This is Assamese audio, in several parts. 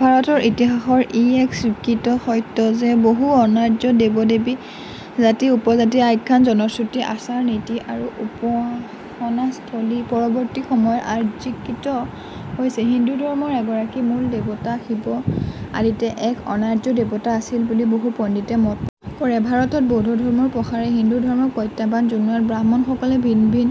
ভাৰতৰ ইতিহাসৰ ই এক স্বীকৃত সত্য যে বহু অনাৰ্য দেৱদেৱী জাতিউপজাতি আখ্যান জনশ্ৰুতি আচাৰনীতি আৰু উপাসনাস্থলী পৰৱৰ্তী সময়ত আৰ্যীকৃত হৈছেহিন্দুধৰ্মৰ এগৰাকী মূল দেৱতা শিৱ আদিতে এক অনাৰ্য দেৱতা আছিল বুলি বহু পণ্ডিতে মতপোষণ কৰেভাৰতত বৌদ্ধধৰ্মৰ প্ৰসাৰে হিন্দুধৰ্মক প্ৰত্যাহ্বান জনোৱাত ব্ৰাহ্মণসকলে ভিন ভিন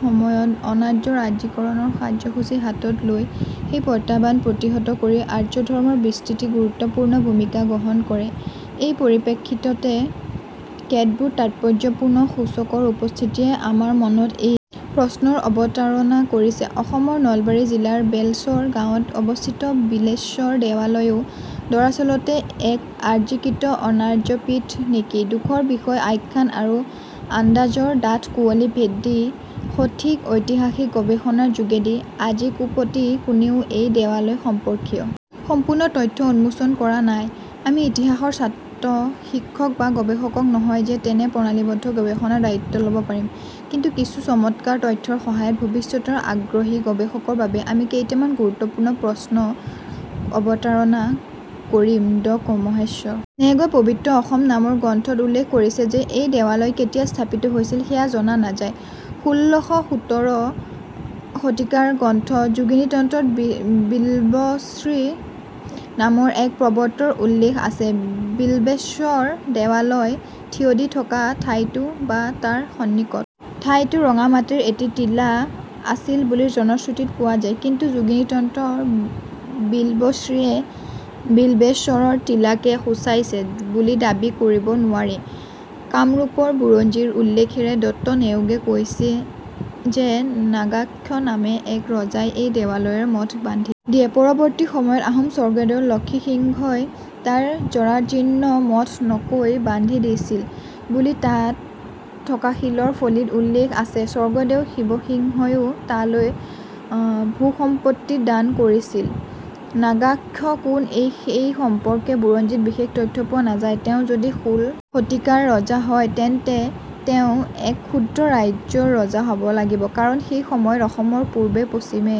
সময়ত অনাৰ্যৰ আৰ্যীকৰণৰ কাৰ্যসূচী হাতত লৈ সেই প্ৰত্যাহ্বান প্ৰতিহত কৰি আৰ্যধৰ্মৰ বিস্তৃতিত গুৰুত্বপূ্ৰ্ণ ভূমিকা গ্ৰহণ কৰেএই পৰিপ্ৰেক্ষিততে কেতবোৰ তাৎপৰ্যপূৰ্ণ সূচকৰ উপস্থিতিয়ে আমাৰ মনত এই প্ৰশ্নৰ অৱতাৰণা কৰিছে অসমৰ নলবাৰী জিলাৰ বেলশৰ গাঁৱত অৱস্থিত বিল্বেশ্বৰ দেৱালয়ো দৰাচলতে এক আৰ্যীকৃত অনাৰ্যপীঠ নেকি দুখৰ বিষয় আখ্যান আৰু আন্দাজৰ ডাঠ কুঁৱলী ভেদি সঠিক ঐতিহাসিক গৱেষণাৰ যোগেদি আজিকোপতি কোনেও এই দেৱালয় সম্পৰ্কীয় সম্পূৰ্ণ সত্য উন্মোচন কৰা নাইআমি ইতিহাসৰ ছাত্ৰ শিক্ষক বা গৱেষক নহওঁ যে তেনে প্ৰণালীবদ্ধ গৱেষণাৰ দায়িত্ব লব পাৰিমকিন্তু কিছু চমৎকাৰ তথ্যৰ সহায়ত ভৱিষ্যতৰ আগ্ৰহী গৱেষকৰ বাবে আমি কেইটামান গুৰুত্বপূৰ্ণ প্ৰশ্নৰ অৱতাৰণা কৰিমড মহেশ্বৰ নেওগে পৱিত্ৰ অসম নামৰ গ্ৰন্থত উল্লেখ কৰিছে যে এই দেৱালয় কেতিয়া স্থাপিত হৈছিল সেয়া জনা নাযায়ষোলসোতৰ শতিকাৰ গ্ৰন্থ যোগিনীতন্ত্ৰত বিল্বশ্ৰী নামৰ এক পৰ্বতৰ উল্লেখ আছেবিল্বেশ্বৰ দেৱালয় থিয় দি থকা ঠাইতো বা তাৰ সন্নিকট ঠাইতো ৰঙা মাটিৰ এটি টিলা আছিল বুলি জনশ্ৰুতিত পোৱা যায়কিন্তু যোগিনীতন্ত্ৰৰ বিল্বশ্ৰীয়ে বিল্বেশ্বৰৰ টিলাকে সূচাইছে বুলি দাবী কৰিব নোৱাৰিকামৰূপৰ বুৰঞ্জীৰ উল্লেখেৰে ড০ নেওগে কৈছে যে নাগাক্ষ নামে এক ৰজাই এই দেৱালয়ৰ মঠ বান্ধি দিয়েপৰৱৰ্তী সময়ত আহোম স্বৰ্গদেউ লক্ষ্মীসিংহই তাৰ জৰাজীৰ্ণ মঠ নকৈ বান্ধি দিছিল বুলি তাত থকা শিলৰ ফলিত উল্লেখ আছেস্বৰ্গদেউ শিৱসিংহয়ো তালৈ ভূসম্পত্তি দান কৰিছিলনাগাক্ষ কোন সেই সম্পৰ্কে বুৰঞ্জীত বিশেষ তথ্য পোৱা নাযায়তেওঁ যদি ষোল শতিকাৰ ৰজা হয় তেন্তে তেওঁ এক ক্ষুদ্ৰ ৰাজ্যৰ ৰজা হব লাগিবকাৰণ সেই সময়ত অসমৰ পূবেপশ্চিমে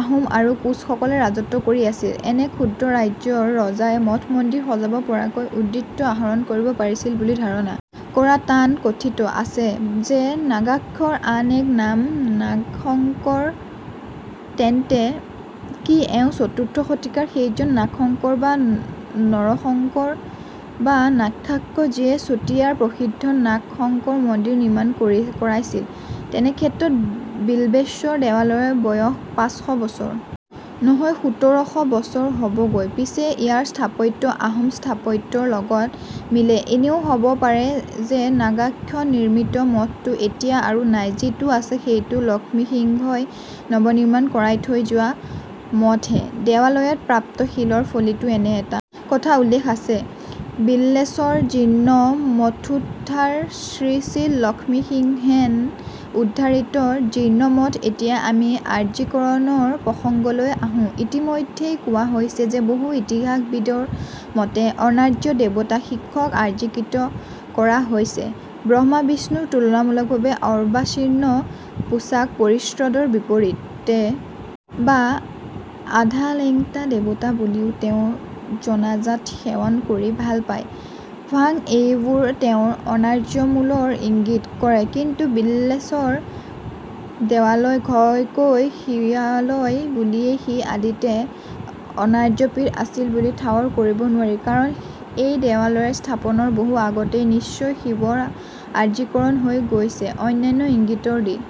আহোম আৰু কোচসকলে ৰাজত্ব কৰি আছিলএনে ক্ষুদ্ৰ ৰাজ্যৰ ৰজাই মঠমন্দিৰ সজাব পৰাকৈ উদ্বৃত্ত আহৰণ কৰিব পাৰিছিল বুলি ধাৰণা কৰা টানকথিত আছে যে নাগাক্ষৰ আন এক নাম নাগশংকৰতেন্তে কি এওঁ চতুৰ্থ শতিকাৰ সেইজন নাগশংকৰ বা নৰশংকৰ বা নাগাক্ষ যিয়ে চতিয়াৰ প্ৰসিদ্ধ নাগশংকৰ মন্দিৰ নিৰ্মাণ কৰাইছিল তেনেক্ষেত্ৰত বিল্বেশ্বৰ দেৱালয়ৰ বয়স পাঁচ শ বছৰ নহৈ সোতৰ শ বছৰ হবগৈপিছে ইয়াৰ স্থাপত্য আহোম স্থাপত্যৰ লগত মিলেএনেও হব পাৰে যে নাগাক্ষনিৰ্মিত মঠটো এতিয়া নাই আৰু যিটো আছে সেইটো লক্ষীসিংহই নৱনিৰ্মাণ কৰাই থৈ যোৱা মঠহেদেৱালয়ত প্ৰাপ্ত শিলৰ ফলিতো এনে এটা কথা উল্লেখ আছে বিল্লেশ্বৰজীৰ্ণমঠোদ্ধাৰশ্ৰীশ্ৰীলক্ষ্মীসিংহেন উদ্ধাৰিত জীৰ্ণমঠঃএতিয়া আমি আৰ্যীকৰণৰ প্ৰসংগলৈ আহোঁইতিমধ্যেই কোৱা হৈছে যে বহু ইতিহাসবিদৰ মতে অনাৰ্য দেৱতা শিৱক আৰ্যীকৃত কৰা হৈছেব্ৰহ্মাবিষ্ণুৰ তুলনামূলকভাৱে অৰ্বাচীন পোচাকপৰিচ্ছদৰ বিপৰীতে শিৱই পৰিধান কৰে বাঘৰ ছাল আৰু সৰ্পলেংটা বা আধালেংটা দেৱতা বুলিও তেওঁ জনাজাতসেৱন কৰি ভাল পায় ভাংএইবোৰে তেওঁৰ অনাৰ্যমূলৰ ইংগিত কৰেকিন্তু বিল্বেশ্বৰ দেৱালয় ঘাইকৈ শিৱালয় বুলিয়ে সি আদিতে অনাৰ্যপীঠ আছিল বুলি ঠাৱৰ কৰিব নোৱাৰিকাৰণ এই দেৱালয়ৰ স্থাপনৰ বহু আগতেই নিশ্চয় শিৱৰ আৰ্যীকৰণ হৈ গৈছেঅন্যান্য ইংগিতৰ ভিত্তিতহে আমি ই